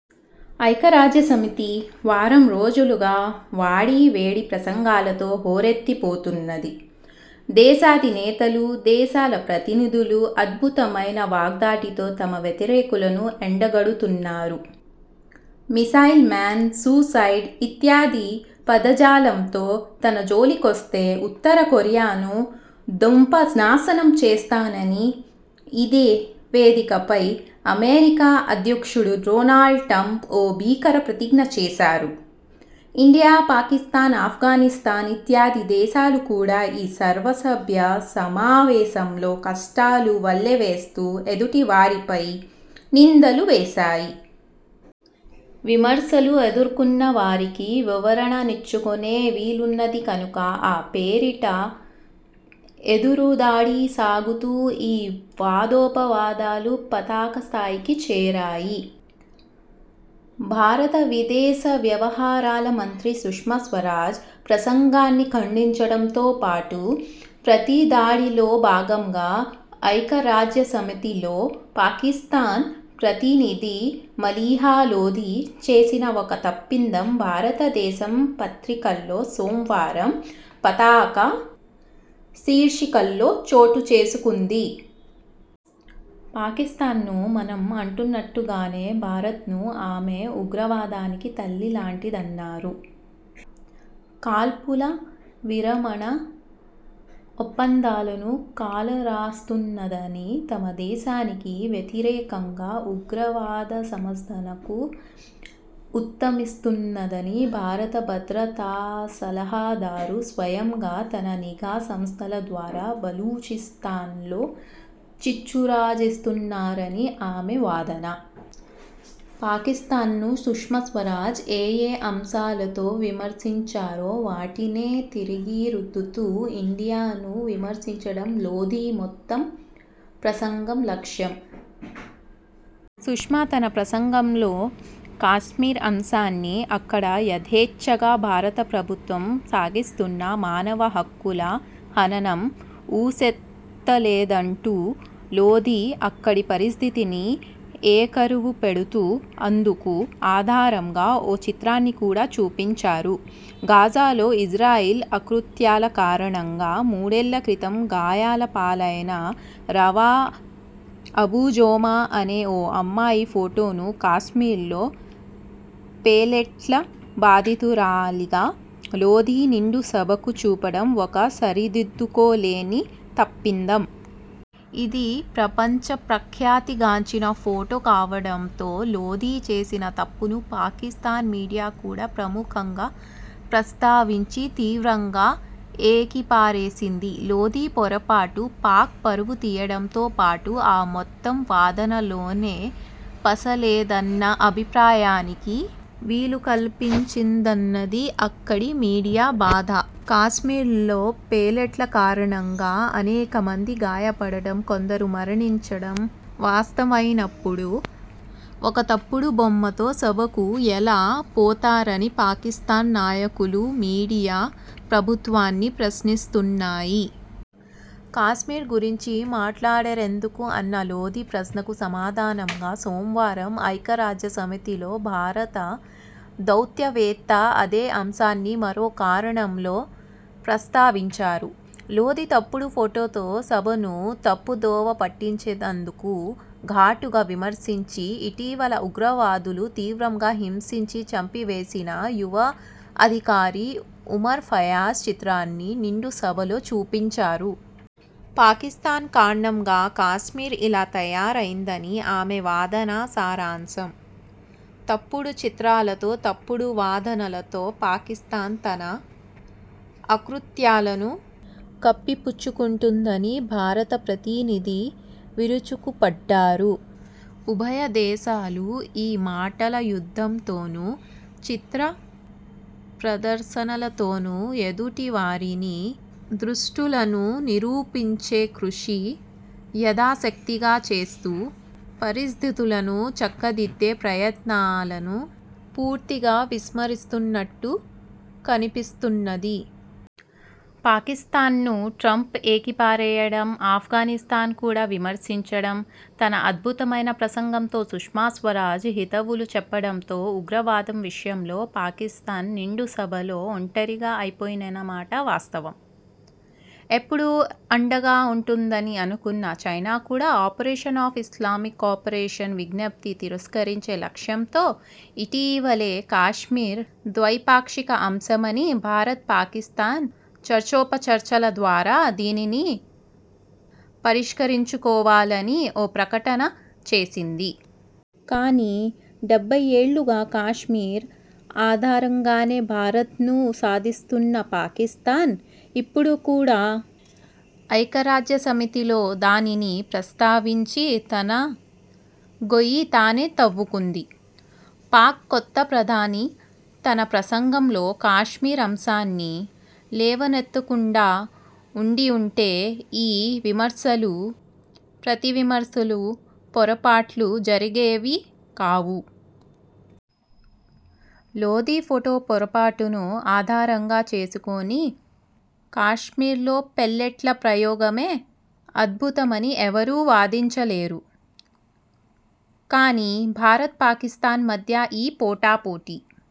ఐక్యరాజ్యసమితి వారంరోజులుగా వాడీవేడి ప్రసంగాలతో హోరెత్తిపోతున్నది. దేశాధినేతలు, దేశాల ప్రతినిధులు అద్భుతమైన వాగ్ధాటితో తమ వ్యతిరేకులను ఎండగడుతున్నారు. మిసైల్ మ్యాన్, సూసైడ్ ఇత్యాది పదజాలంతో తనజోలికొస్తే ఉత్తరకొరియాను దుంపనాశనం చేస్తానని ఇదే వేదికపై అమెరికా అధ్యక్షుడు డొనాల్డ్ట్రంప్ ఓ భీకర ప్రతిజ్ఞ చేశారు. ఇండియా, పాకిస్థాన్, అఫ్ఘానిస్థాన్ ఇత్యాది దేశాలు కూడా ఈ సర్వసభ్య సమావేశంలో కష్టాలు వల్లెవేస్తూ ఎదుటివారిపై నిందలూ వేశాయి. విమర్శలు ఎదుర్కొన్నవారికి వివరణనిచ్చుకొనే వీలున్నది కనుక ఆ పేరిట ఎదురుదాడి సాగుతూ ఈ వాదోపవాదాలు పతాకస్థాయికి చేరాయి. భారత విదేశవ్యవహారాల మంత్రి సుష్మాస్వరాజ్ ప్రసంగాన్నిఖండించడంతోపాటు, ప్రతిదాడిలో భాగంగా ఐక్యరాజ్యసమితిలో పాకిస్థాన్ ప్రతినిధి మలీహా లోథీ చేసిన ఒక తప్పిదం భారతదేశ పత్రికల్లో సోమవారం పతాక శీర్షికల్లో చోటుచేసుకుంది. పాకిస్థాన్ను మనం అంటున్నట్టుగానే భారత్ను ఆమె ఉగ్రవాదానికి తల్లిలాంటిదన్నారు. కాల్పుల విరమణ ఒప్పందాలను కాలరాస్తున్నదనీ, తమదేశానికి వ్యతిరేకంగా ఉగ్రవాదసంస్థలకు ఊతమిస్తున్నదనీ, భారత భద్రతాసలహాదారు స్వయంగా తన నిఘా సంస్థలద్వారా బలూచిస్థాన్లో చిచ్చురాజేస్తున్నారనీ ఆమె వాదన. పాకిస్థాన్ను సుష్మాస్వరాజ్ ఏయే అంశాలతో విమర్శించారో వాటినే తిరిగిరుద్దుతూ ఇండియాను విమర్శించడం లోథీ మొత్తం ప్రసంగం లక్ష్యం. సుష్మా తన ప్రసంగంలో కశ్మీర్ అంశాన్నీ, అక్కడ యథేచ్ఛగా భారత ప్రభుత్వం సాగిస్తున్న మానవహక్కుల హననం ఊసెత్తలేదంటూ లోధీ అక్కడి పరిస్థితిని ఏకరువుపెడుతూ, అందుకు ఆధారంగా ఓ చిత్రాన్ని కూడా చూపించారు. గాజాలో ఇజ్రాయెల్ అకృత్యాల కారణంగా మూడేళ్ళక్రితం గాయాలపాలైన రవా అబు జోమా అనే ఓ అమ్మాయి ఫోటోను కశ్మీర్లో పెల్లెట్ల బాధితురాలిగా లోధీ నిండు సభకు చూపడం ఒక సరిదిద్దుకోలేని తప్పిదం. ఇది ప్రపంచ ప్రఖ్యాతిగాంచిన ఫోటో కావడంతో లోధీ చేసిన తప్పును పాకిస్థాన్ మీడియా కూడా ప్రముఖంగా ప్రస్తావించి, తీవ్రంగా ఏకిపారేసింది. లోధీ పొరపాటు పాక్ పరువు తీయడంతో పాటు, ఆ మొత్తం వాదనలోనే పసలేదన్న అభిప్రాయానికి వీలుకల్పించిందన్నది అక్కడి మీడియా బాధ. కశ్మీర్లో పెల్లెట్ల కారణంగా అనేకమంది గాయపడటం, కొందరు మరణించడం వాస్తవమైనప్పుడు, ఒక తప్పుడు బొమ్మతో సభకు ఎలా పోతారని పాకిస్థాన్ నాయకులు, మీడియా ప్రభుత్వాన్ని ప్రశ్నిస్తున్నాయి. కశ్మీర్ గురించి మాట్లాడరెందుకు అన్న లోధీ ప్రశ్నకు సమాధానంగా, సోమవారం ఐక్యరాజ్యసమితిలో భారత దౌత్యవేత్త అదే అంశాన్ని మరో కోణంలో ప్రస్తావించారు. లోథీ తప్పుడు ఫోటోతో సభను తప్పుదోవపట్టించినందుకు ఘాటుగా విమర్శిస్తూ, ఇటీవల ఉగ్రవాదులు తీవ్రంగా హింసించి చంపివేసిన యువ అధికారి ఉమర్ ఫయాజ్ చిత్రాన్ని నిండు సభలో చూపించారు. పాకిస్థాన్ కారణంగా కశ్మీర్ ఇలా తయారైందని ఆమె వాదన సారాంశం. తప్పుడు చిత్రాలతో, తప్పుడు వాదనలతో పాకిస్థాన్ తన అకృత్యాలను కప్పిపుచ్చుకుంటున్నదని భారత ప్రతినిధి విరుచుకుపడ్డారు. ఉభయదేశాలూ ఈ మాటల యుద్ధంతోనూ, చిత్ర ప్రదర్శనలతోనూ ఎదుటివారిని దుష్టులను నిరూపించే కృషి యథాశక్తిగా చేస్తూ, పరిస్థితులను చక్కదిద్దే ప్రయత్నాలను పూర్తిగా విస్మరిస్తున్నట్టు కనిపిస్తున్నది. పాకిస్థాన్ను ట్రంప్ ఏకిపారేయడం, అఫ్ఘానిస్థాన్ కూడా విమర్శించడం, తన అద్భుతమైన ప్రసంగంతో సుష్మా స్వరాజ్ హితవులు చెప్పడంతో ఉగ్రవాదం విషయంలో పాకిస్థాన్ నిండుసభలో ఒంటరిగా అయిపోయినమాట వాస్తవం. ఎప్పుడూ అండగా ఉంటుందని అనుకున్న చైనా కూడా ఆర్గనైజేషన్ ఆఫ్ ఇస్లామిక్ కోపరేషన్ విజ్ఞప్తిని తిరస్కరించే లక్ష్యంతో ఇటీవలే కశ్మీర్ ద్వైపాక్షిక అంశమనీ, భారత్ పాకిస్థాన్ చర్చోపచర్చల ద్వారా దీనిని పరిష్కరించుకోవాలని ఓ ప్రకటన చేసింది. కానీ, డెబ్బై ఏళ్ళుగా కశ్మీర్ ఆధారంగానే భారత్ను సాధిస్తున్న పాకిస్థాన్ ఇప్పుడు కూడా ఐక్యరాజ్యసమితిలో దానిని ప్రస్తావించి తన గొయ్యి తానే తవ్వుకుంది. పాక్ కొత్త ప్రధాని తన ప్రసంగంలో కశ్మీర్ అంశాన్ని లెవనెత్తకుండా ఉండి వుంటే ఈ విమర్శలు, ప్రతివిమర్శలు, పొరపాట్లు జరిగేవి కావు. లోధీ ఫోటో పొరపాటును ఆధారంగా చేసుకొని కశ్మీర్లో పెల్లెట్ల ప్రయోగమే అబద్ధమని ఎవరూ వాదించలేరు. కానీ, భారత్ పాకిస్థాన్ మధ్య ఈ పోటాపోటీ